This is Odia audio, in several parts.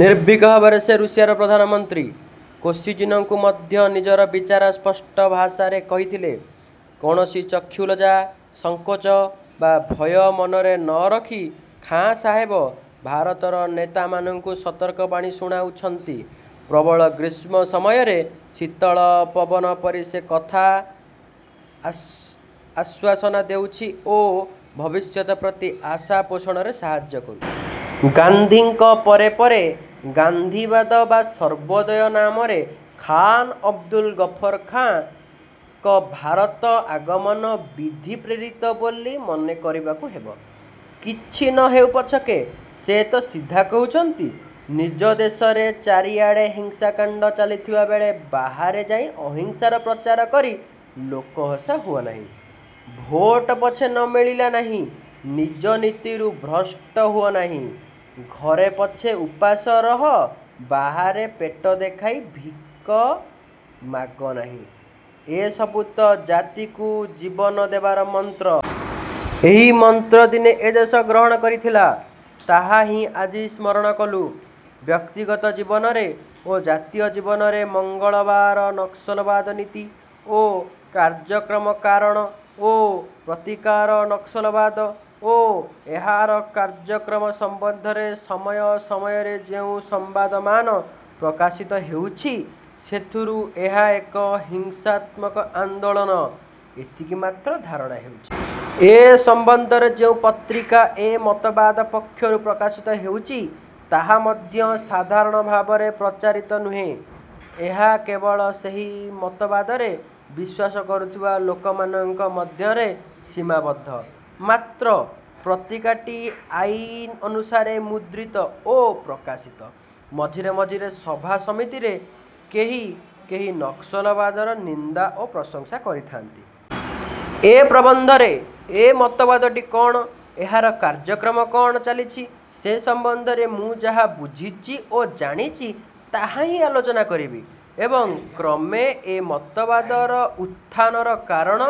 ନିର୍ଭୀକ ଭାବରେ ସେ ରୁଷିଆର ପ୍ରଧାନମନ୍ତ୍ରୀ। କୋସିଜିନଙ୍କୁ ମଧ୍ୟ ନିଜର ବିଚାର ସ୍ପଷ୍ଟ ଭାଷାରେ କହିଥିଲେ। କୌଣସି ଚକ୍ଷୁଲଜ୍ଜା, ସଙ୍କୋଚ ବା ଭୟ ମନରେ ନ ରଖି ଖାଁ ସାହେବ ଭାରତର ନେତାମାନଙ୍କୁ ସତର୍କ ବାଣୀ ଶୁଣାଉଛନ୍ତି। ପ୍ରବଳ ଗ୍ରୀଷ୍ମ ସମୟରେ ଶୀତଳ ପବନ ପରି ସେ କଥା ଆଶ୍ୱାସନା ଦେଉଛି ଓ ଭବିଷ୍ୟତ ପ୍ରତି ଆଶା ପୋଷଣରେ ସାହାଯ୍ୟ କରୁଛି। ଗାନ୍ଧିଜୀଙ୍କ ପରେ ପରେ ଗାନ୍ଧିବାଦ ବା ସର୍ବୋଦୟ ନାମରେ ଖାନ୍ ଅବଦୁଲ ଗଫର ଖାଁଙ୍କ ଭାରତ ଆଗମନ ବିଧି-ପ୍ରେରିତ ବୋଲି ମନେ କରିବାକୁ ହେବ। କିଛି ନ ହେଉ ପଛକେ ସେ ତ ସିଧା କହୁଛନ୍ତି ''ନିଜ ଦେଶରେ ଚାରିଆଡ଼େ ହିଂସାକାଣ୍ଡ ଚାଲିଥିବା ବେଳେ, ବାହାରେ ଯାଇ ଅହିଂସାର ପ୍ରଚାର କରି ଲୋକହସା ହୁଅନାହିଁ'', ''ଭୋଟ ପଛେ ନ ମିଳିଲା ନାହିଁ, ନିଜ ନୀତିରୁ ଭ୍ରଷ୍ଟ ହୁଅନାହିଁ'', ''ଘରେ ପଛେ ଉପାସେ ରହ, ବାହାରେ ପେଟ ଦେଖାଇ ଭିଖ ମାଗ ନାହିଁ'' ଏ ସବୁ ତ ଜାତିକୁ ଜୀବନ ଦେବାର ମନ୍ତ୍ର। ଏହି ମନ୍ତ୍ର ଦିନେ ଏ ଦେଶ ଗ୍ରହଣ କରିଥିଲା। ତାହାହିଁ ଆଜି ସ୍ମରଣ କଲୁଁ, ବ୍ୟକ୍ତିଗତ ଜୀବନରେ ଓ ଜାତୀୟ ଜୀବନରେ। ମଙ୍ଗଳବାର ନକ୍ସଲବାଦ-ନୀତି ଓ କାର୍ଯ୍ୟକ୍ରମ କାରଣ ଓ ପ୍ରତିକାର ନକ୍ସଲବାଦ ଓ ଏହାର କାର୍ଯ୍ୟକ୍ରମ ସମ୍ବନ୍ଧରେ ସମୟ ସମୟରେ ଯେଉଁ ସମ୍ବାଦମାନ ପ୍ରକାଶିତ ହେଉଛି ସେଥିରୁ ଏହା ଏକ ହିଂସାତ୍ମକ ଆନ୍ଦୋଳନ, ଏତିକିମାତ୍ର ଧାରଣା ହେଉଛି। ଏ ସମ୍ବନ୍ଧରେ ଯେଉଁ ପତ୍ରିକା ଏ ମତବାଦ ପକ୍ଷରୁ ପ୍ରକାଶିତ ହେଉଛି ତାହା ମଧ୍ୟ ସାଧାରଣ ଭାବରେ ପ୍ରଚାରିତ ନୁହେଁ। ଏହା କେବଳ ସେହି ମତବାଦରେ ବିଶ୍ୱାସ କରୁଥିବା ଲୋକମାନଙ୍କ ମଧ୍ୟରେ ସୀମାବଦ୍ଧ। ମାତ୍ର ପତ୍ରିକାଟି ଆଇନ ଅନୁସାରେ ମୁଦ୍ରିତ ଓ ପ୍ରକାଶିତ। ମଝିରେ ମଝିରେ ସଭା ସମିତିରେ କେହି କେହି ନକ୍ସଲବାଦର ନିନ୍ଦା ବା ପ୍ରଶଂସା କରିଥାନ୍ତି। ଏ ପ୍ରବନ୍ଧରେ ଏ ମତବାଦଟି କଅଣ, ଏହାର କାର୍ଯ୍ୟକ୍ରମ କଅଣ ଚାଲିଛି ସେ ସମ୍ବନ୍ଧରେ ମୁଁ ଯାହା ବୁଝିଛି ଓ ଜାଣିଛି ତାହାହିଁ ଆଲୋଚନା କରିବି ଏବଂ କ୍ରମେ ଏ ମତବାଦର ଉତ୍ଥାନର କାରଣ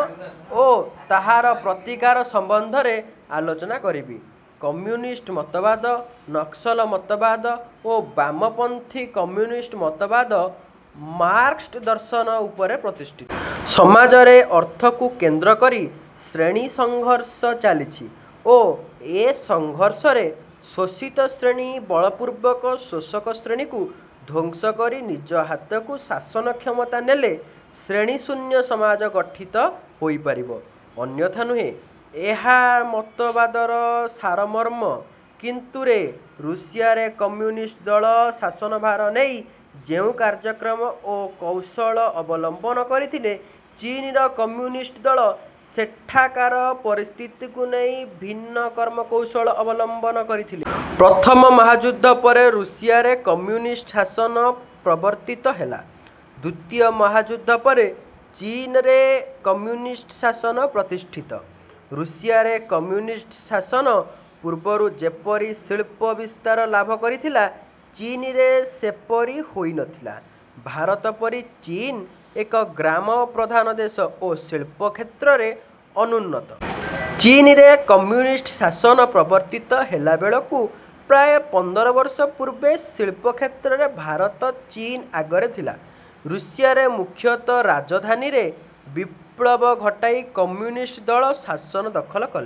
ଓ ତାହାର ପ୍ରତିକାର ସମ୍ବନ୍ଧରେ ଆଲୋଚନା କରିବି। କମ୍ୟୁନିଷ୍ଟ ମତବାଦ, ନକ୍ସଲ ମତବାଦ ଓ ବାମପନ୍ଥୀ କମ୍ୟୁନିଷ୍ଟ ମତବାଦ ମାର୍କସ୍ଙ୍କ ଦର୍ଶନ ଉପରେ ପ୍ରତିଷ୍ଠିତ। ସମାଜରେ ଅର୍ଥକୁ କେନ୍ଦ୍ର କରି ଶ୍ରେଣୀ ସଂଘର୍ଷ ଚାଲିଛି ଓ ଏ ସଂଘର୍ଷରେ ଶୋଷିତ ଶ୍ରେଣୀ ବଳପୂର୍ବକ ଶୋଷକ ଶ୍ରେଣୀକୁ ଧ୍ୱଂସ କରି ନିଜ ହାତକୁ ଶାସନକ୍ଷମତା ନେଲେ, ଶ୍ରେଣୀଶୂନ୍ୟସମାଜ ଗଠିତ ହୋଇପାରିବ, ଅନ୍ୟଥା ନୁହେଁ। ଏହା ମତବାଦର ସାରମର୍ମ। କିନ୍ତୁ ରେ ରୁଷିଆରେ କମ୍ୟୁନିଷ୍ଟ ଦଳ ଶାସନଭାର ନେଇ ଯେଉଁ କାର୍ଯ୍ୟକ୍ରମ ଓ କୌଶଳ ଅବଲମ୍ବନ କରିଥିଲେ, ଚୀନର କମ୍ୟୁନିଷ୍ଟ ଦଳ ସେଠାକାର ପରିସ୍ଥିତିକୁ ନେଇ ଭିନ୍ନ କର୍ମକୌଶଳ ଅବଲମ୍ବନ କରିଥିଲେ। ପ୍ରଥମ ମହାଯୁଦ୍ଧ ପରେ ରୁଷିଆରେ କମ୍ୟୁନିଷ୍ଟ ଶାସନ ପ୍ରବର୍ତ୍ତିତ ହେଲା। ଦ୍ୱିତୀୟ ମହାଯୁଦ୍ଧ ପରେ ଚୀନରେ କମ୍ୟୁନିଷ୍ଟ ଶାସନ ପ୍ରତିଷ୍ଠିତ। ରୁଷିଆରେ କମ୍ୟୁନିଷ୍ଟ ଶାସନ ପୂର୍ବରୁ ଯେପରି ଶିଳ୍ପ ବିସ୍ତାର ଲାଭ କରିଥିଲା; ଚୀନରେ ସେପରି ହୋଇ ନଥିଲା। ଭାରତ ପରି ଚୀନ ଏକ ଗ୍ରାମ ପ୍ରଧାନ ଦେଶ ଓ ଶିଳ୍ପ କ୍ଷେତ୍ରରେ ଅନୁନ୍ନତ। ଚୀନରେ କମ୍ୟୁନିଷ୍ଟ ଶାସନ ପ୍ରବର୍ତ୍ତିତ ହେବାବେଳକୁ ପ୍ରାୟ ପନ୍ଦରବର୍ଷ ପୂର୍ବେ ଶିଳ୍ପକ୍ଷେତ୍ରରେ ଭାରତ ଚୀନ ଆଗରେ ଥିଲା। ରୁଷିଆରେ ମୁଖ୍ୟତଃ ରାଜଧାନୀରେ ବିପ୍ଳବ ଘଟାଇ କମ୍ୟୁନିଷ୍ଟ ଦଳ ଶାସନ ଦଖଲ କଲେ।